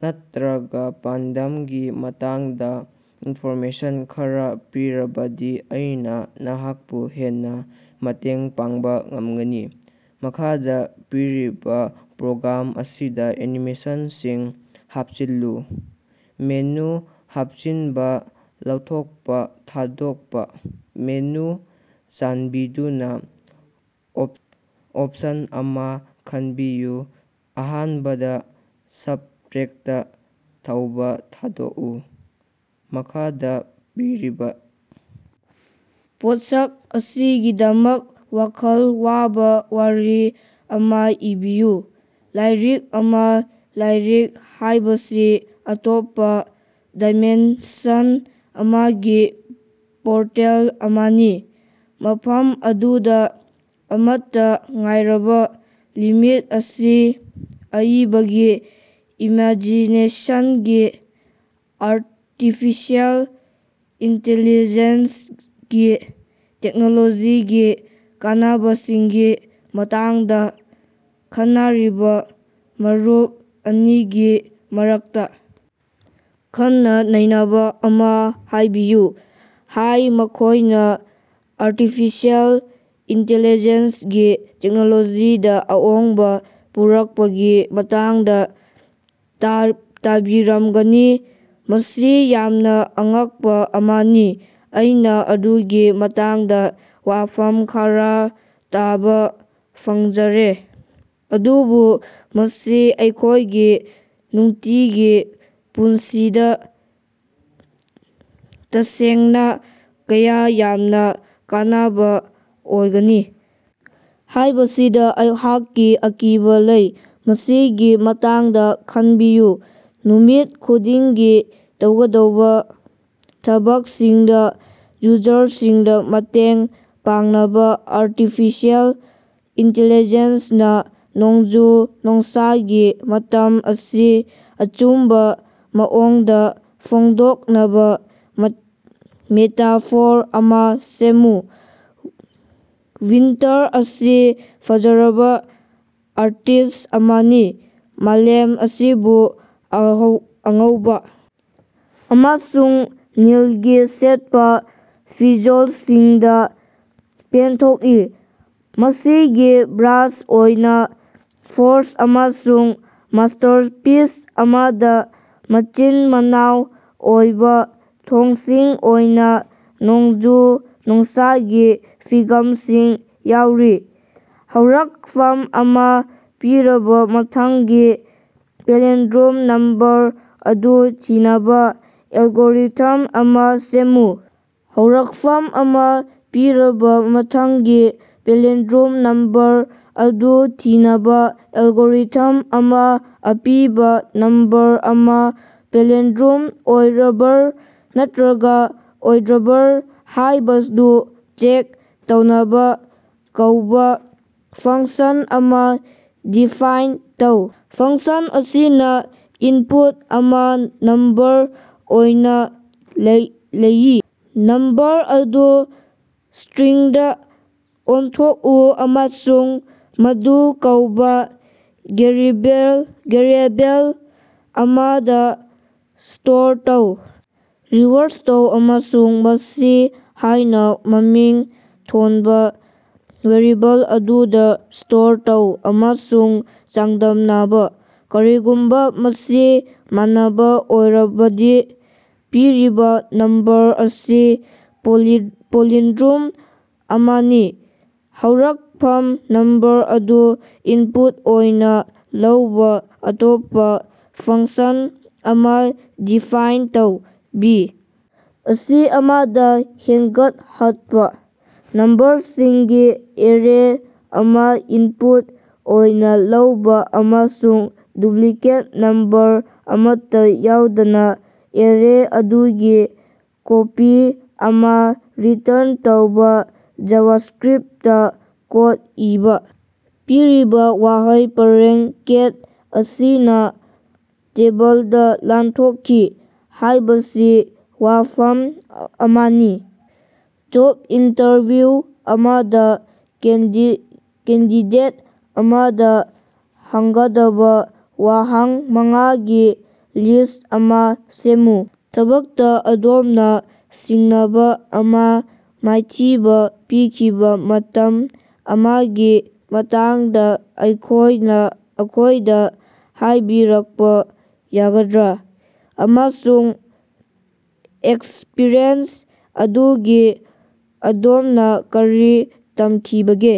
ꯅꯠꯇ꯭ꯔꯒ ꯄꯥꯟꯗꯝꯒꯤ ꯃꯇꯥꯡꯗ ꯏꯟꯐꯣꯔꯃꯦꯁꯟ ꯈꯔ ꯄꯤꯔꯕꯗꯤ ꯑꯩꯅ ꯅꯍꯥꯛꯄꯨ ꯍꯦꯟꯅ ꯃꯇꯦꯡ ꯄꯥꯡꯕ ꯉꯝꯒꯅꯤ꯫ ꯃꯈꯥꯗ ꯄꯤꯔꯤꯕ ꯄ꯭ꯔꯣꯒ꯭ꯔꯥꯝ ꯑꯁꯤꯗ ꯑꯦꯅꯤꯃꯦꯁꯟꯁꯤꯡ ꯍꯥꯞꯆꯤꯜꯂꯨ꯫ ꯃꯦꯅꯨ ꯍꯥꯞꯆꯤꯟꯕ, ꯂꯧꯊꯣꯛꯄ, ꯊꯥꯗꯣꯛꯄ꯫ ꯃꯦꯅꯨ ꯆꯥꯟꯕꯤꯗꯨꯅ ꯑꯣꯞ ꯑꯣꯞꯁꯟ ꯑꯃ ꯈꯟꯕꯤꯌꯨ ꯑꯍꯥꯟꯕ ꯁꯕꯇ꯭ꯔꯦꯛꯇ ꯇꯧꯕ ꯊꯥꯗꯣꯛꯎ꯫ ꯃꯈꯥꯗ ꯄꯤꯔꯤꯕ ꯄꯣꯠꯁꯛ ꯑꯁꯤꯒꯤꯗꯃꯛ ꯋꯥꯈꯜ ꯋꯥꯕ ꯋꯥꯔꯤ ꯑꯃ ꯏꯕꯤꯌꯨ꯫ ꯂꯥꯏꯔꯤꯛ ꯑꯃ꯫ ꯂꯥꯏꯔꯤꯛ ꯍꯥꯏꯕꯁꯤ ꯑꯇꯣꯞꯄ ꯗꯥꯏꯃꯦꯟꯁꯟ ꯑꯃꯒꯤ ꯄꯣꯔꯇꯦꯜ ꯑꯃꯅꯤ, ꯃꯐꯝ ꯑꯗꯨꯗ ꯑꯃꯠꯇ ꯉꯥꯏꯔꯕ ꯂꯤꯃꯤꯠ ꯑꯁꯤ ꯑꯏꯕꯒꯤ ꯏꯃꯥꯖꯤꯅꯦꯁꯟꯒꯤ꯫ ꯑꯥꯔꯇꯤꯐꯤꯁꯤꯑꯦꯜ ꯏꯟꯇꯦꯂꯤꯖꯦꯟꯁꯒꯤ ꯇꯦꯛꯅꯣꯂꯣꯖꯤꯒꯤ ꯀꯥꯟꯅꯕꯁꯤꯡꯒꯤ ꯃꯇꯥꯡꯗ ꯈꯟꯅꯔꯤꯕ ꯃꯔꯨꯞ ꯑꯅꯤꯒꯤ ꯃꯔꯛꯇ ꯈꯟꯅ-ꯅꯩꯅꯕ ꯑꯃ ꯍꯥꯏꯕꯤꯌꯨ꯫ ꯍꯥꯏ ꯃꯈꯣꯏꯅ ꯑꯥꯔꯇꯤꯐꯤꯁꯤꯑꯦꯜ ꯏꯟꯇꯦꯂꯤꯖꯦꯟꯁꯒꯤ ꯇꯦꯛꯅꯣꯂꯣꯖꯤꯗ ꯑꯍꯣꯡꯕ ꯄꯨꯔꯛꯄꯒꯤ ꯃꯇꯥꯡꯗ ꯇꯥ ꯇꯥꯕꯤꯔꯝꯒꯅꯤ꯫ ꯃꯁꯤ ꯌꯥꯝꯅ ꯑꯉꯛꯄ ꯑꯃꯅꯤ꯫ ꯑꯩꯅ ꯑꯗꯨꯒꯤ ꯃꯇꯥꯡꯗ ꯋꯥꯐꯝ ꯈꯔ ꯇꯥꯕ ꯐꯪꯖꯔꯦ꯫ ꯑꯗꯨꯕꯨ ꯃꯁꯤ ꯑꯩꯈꯣꯏꯒꯤ ꯅꯨꯡꯇꯤꯒꯤ ꯄꯨꯟꯁꯤꯗ ꯇꯁꯦꯡꯅ ꯀꯌꯥ ꯌꯥꯝꯅ ꯀꯥꯟꯅꯕ ꯑꯣꯏꯒꯅꯤ ꯍꯥꯏꯕꯁꯤꯗ ꯑꯩꯍꯥꯛꯀꯤ ꯑꯀꯤꯕ ꯂꯩ꯫ ꯃꯁꯤꯒꯤ ꯃꯇꯥꯡꯗ ꯈꯟꯕꯤꯌꯨ꯫ ꯅꯨꯃꯤꯠ ꯈꯨꯗꯤꯡꯒꯤ ꯇꯧꯒꯗꯧꯕ ꯊꯕꯛꯁꯤꯡꯗ ꯌꯨꯖꯔꯁꯤꯡꯗ ꯃꯇꯦꯡ ꯄꯥꯡꯅꯕ ꯑꯥꯔꯇꯤꯐꯤꯁꯤꯑꯦꯜ ꯏꯟꯇꯦꯂꯤꯖꯦꯟꯁꯅ ꯅꯣꯡꯖꯨ-ꯅꯨꯡꯁꯥꯒꯤ ꯃꯇꯝ ꯑꯁꯤ ꯑꯆꯨꯝꯕ ꯃꯑꯣꯡꯗ ꯐꯣꯡꯗꯣꯛꯅꯕ ꯃꯦꯠ ꯃꯦꯇꯥꯐꯣꯔ ꯑꯃ ꯁꯦꯝꯃꯨ꯫ ꯋꯤꯟꯇꯔ ꯑꯁꯤ ꯐꯖꯔꯕ ꯑꯥꯔꯇꯤꯁ꯭ꯠ ꯑꯃꯅꯤ꯫ ꯃꯥꯂꯦꯝ ꯑꯁꯤꯕꯨ ꯑꯍꯧ ꯑꯉꯧꯕ ꯑꯃꯁꯨꯡ ꯅꯤꯜꯒꯤ ꯁꯦꯠꯄ ꯐꯤꯖꯣꯜꯁꯤꯡꯗ ꯄꯦꯟꯊꯣꯛꯏ, ꯃꯁꯤꯒꯤ ꯕ꯭ꯔꯥꯁ ꯑꯣꯏꯅ ꯐ꯭ꯔꯣꯁ꯭ꯠ ꯑꯃꯁꯨꯡ ꯃꯥꯁꯇꯔꯄꯤꯁ ꯑꯃꯗ ꯃꯆꯤꯟ-ꯃꯅꯥꯎ ꯑꯣꯏꯕ ꯊꯣꯡꯁꯤꯡ ꯑꯣꯏꯅ ꯅꯣꯡꯖꯨ-ꯅꯨꯡꯁꯥꯒꯤ ꯐꯤꯒꯝꯁꯤꯡ ꯌꯥꯎꯔꯤ꯫ ꯍꯧꯔꯛꯐꯝ ꯑꯃ ꯄꯤꯔꯕ ꯃꯊꯪꯒꯤ ꯄꯦꯂꯤꯟꯗ꯭ꯔꯣꯝ ꯅꯝꯕꯔ ꯑꯗꯨ ꯊꯤꯅꯕ ꯑꯦꯜꯒꯣꯔꯤꯊꯝ ꯑꯃ ꯁꯦꯝꯃꯨ꯫ ꯍꯧꯔꯛꯐꯝ ꯑꯃ ꯄꯤꯔꯕ ꯃꯊꯪꯒꯤ ꯄꯦꯂꯤꯟꯗ꯭ꯔꯣꯝ ꯅꯝꯕꯔ ꯑꯗꯨ ꯊꯤꯅꯕ ꯑꯦꯜꯒꯣꯔꯤꯊꯝ ꯑꯃ ꯑꯄꯤꯕ ꯅꯝꯕꯔ ꯑꯃ ꯄꯦꯂꯤꯟꯗ꯭ꯔꯣꯝ ꯑꯣꯏꯔꯕꯔ ꯅꯠꯇ꯭ꯔꯒ ꯑꯣꯏꯗꯕꯔ ꯍꯥꯏꯕꯗꯨ ꯆꯦꯛ ꯇꯧꯅꯕ ꯀꯧꯕ ꯐꯪꯁꯟ ꯑꯃ ꯗꯤꯐꯥꯏꯟ ꯇꯧ꯫ ꯐꯪꯁꯟ ꯑꯁꯤꯅ ꯏꯟꯄꯨꯠ ꯑꯃ ꯅꯝꯕꯔ ꯑꯣꯏꯅ ꯂꯩ ꯂꯩꯏ꯫ ꯅꯝꯕꯔ ꯑꯗꯨ ꯁ꯭ꯇꯔꯤꯡꯗ ꯑꯣꯟꯊꯣꯛꯎ ꯑꯃꯁꯨꯡ ꯃꯗꯨ ꯀꯧꯕ ꯒꯦꯔꯤꯕꯦꯜ ꯒꯦꯔꯤꯑꯦꯕꯦꯜ ꯑꯃꯗ ꯁ꯭ꯇꯣꯔ ꯇꯧ꯫. ꯔꯤꯚꯔꯁ ꯇꯧ ꯑꯃꯁꯨꯡ ꯃꯁꯤ ꯍꯥꯏꯅ ꯃꯃꯤꯡ ꯊꯣꯟꯕ ꯚꯦꯔꯤꯕꯜ ꯑꯗꯨꯗ ꯁ꯭ꯇꯣꯔ ꯇꯧ ꯑꯃꯁꯨꯡ ꯆꯥꯡꯗꯝꯅꯕ, ꯀꯔꯤꯒꯨꯝꯕ ꯃꯁꯤ ꯃꯥꯟꯅꯕ ꯑꯣꯏꯔꯕꯗꯤ ꯄꯤꯔꯤꯕ ꯅꯝꯕꯔ ꯑꯁꯤ ꯄꯣꯂꯤ ꯄꯣꯂꯤꯟꯗ꯭ꯔꯣꯝ ꯑꯃꯅꯤ꯫ ꯍꯧꯔꯛꯐꯝ ꯅꯝꯕꯔ ꯑꯗꯨ ꯏꯟꯄꯨꯠ ꯑꯣꯏꯅ ꯂꯧꯕ ꯑꯇꯣꯞꯄ ꯐꯪꯁꯟ ꯑꯃ ꯗꯤꯐꯥꯏꯟ ꯇꯧ꯫ ꯕꯤ. ꯑꯁꯤ ꯑꯃꯗ ꯍꯦꯟꯒꯠꯍꯠꯄ꯫ ꯅꯝꯕꯔꯁꯤꯡꯒꯤ ꯑꯦꯔꯦ ꯑꯃ ꯏꯟꯄꯨꯠ ꯑꯣꯏꯅ ꯂꯧꯕ ꯑꯃꯁꯨꯡ ꯗꯨꯄ꯭ꯂꯤꯀꯦꯠ ꯅꯝꯕꯔ ꯑꯃꯠꯇ ꯌꯥꯎꯗꯅ ꯑꯦꯔꯦ ꯑꯗꯨꯒꯤ ꯀꯣꯄꯤ ꯑꯃ ꯔꯤꯇꯔꯟ ꯇꯧꯕ ꯖꯥꯚꯥꯁꯀ꯭ꯔꯤꯞꯇ ꯀꯣꯗ ꯏꯕ꯫ ꯄꯤꯔꯤꯕ ꯋꯥꯍꯩ ꯄꯔꯦꯡ "ꯀꯦꯠ ꯑꯁꯤꯅ ꯇꯦꯕꯜꯗ ꯂꯥꯟꯊꯣꯛꯈꯤ" ꯍꯥꯢꯕꯁꯤ ꯋꯥꯐꯝ ꯑꯃꯅꯤ꯫ ꯖꯣꯕ ꯏꯟꯇꯔꯚ꯭ꯌꯨ ꯑꯃꯗ ꯀꯦꯟꯗꯤ ꯀꯦꯟꯗꯤꯗꯦꯠ ꯑꯃꯗ ꯍꯪꯒꯗꯕ ꯋꯥꯍꯪ ꯃꯉꯥꯒꯤ ꯂꯤꯁ꯭ꯠ ꯑꯃ ꯁꯦꯝꯃꯨ꯫ ꯊꯕꯛꯇ ꯑꯗꯣꯝꯅ ꯁꯤꯡꯅꯕ ꯑꯃ ꯃꯥꯏꯊꯤꯕ ꯄꯤꯈꯤꯕ ꯃꯇꯝ ꯑꯃꯒꯤ ꯃꯇꯥꯡꯗ ꯑꯩꯈꯣꯏꯅ ꯑꯩꯈꯣꯏꯗ ꯍꯥꯏꯕꯤꯔꯛꯄ ꯌꯥꯒꯗ꯭ꯔꯥ, ꯑꯃꯁꯨꯡ ꯑꯦꯛꯁꯄꯤꯔꯤꯌꯦꯟꯁ ꯑꯗꯨꯒꯤ ꯑꯗꯣꯝꯅ ꯀꯔꯤ ꯇꯝꯈꯤꯕꯒꯦ?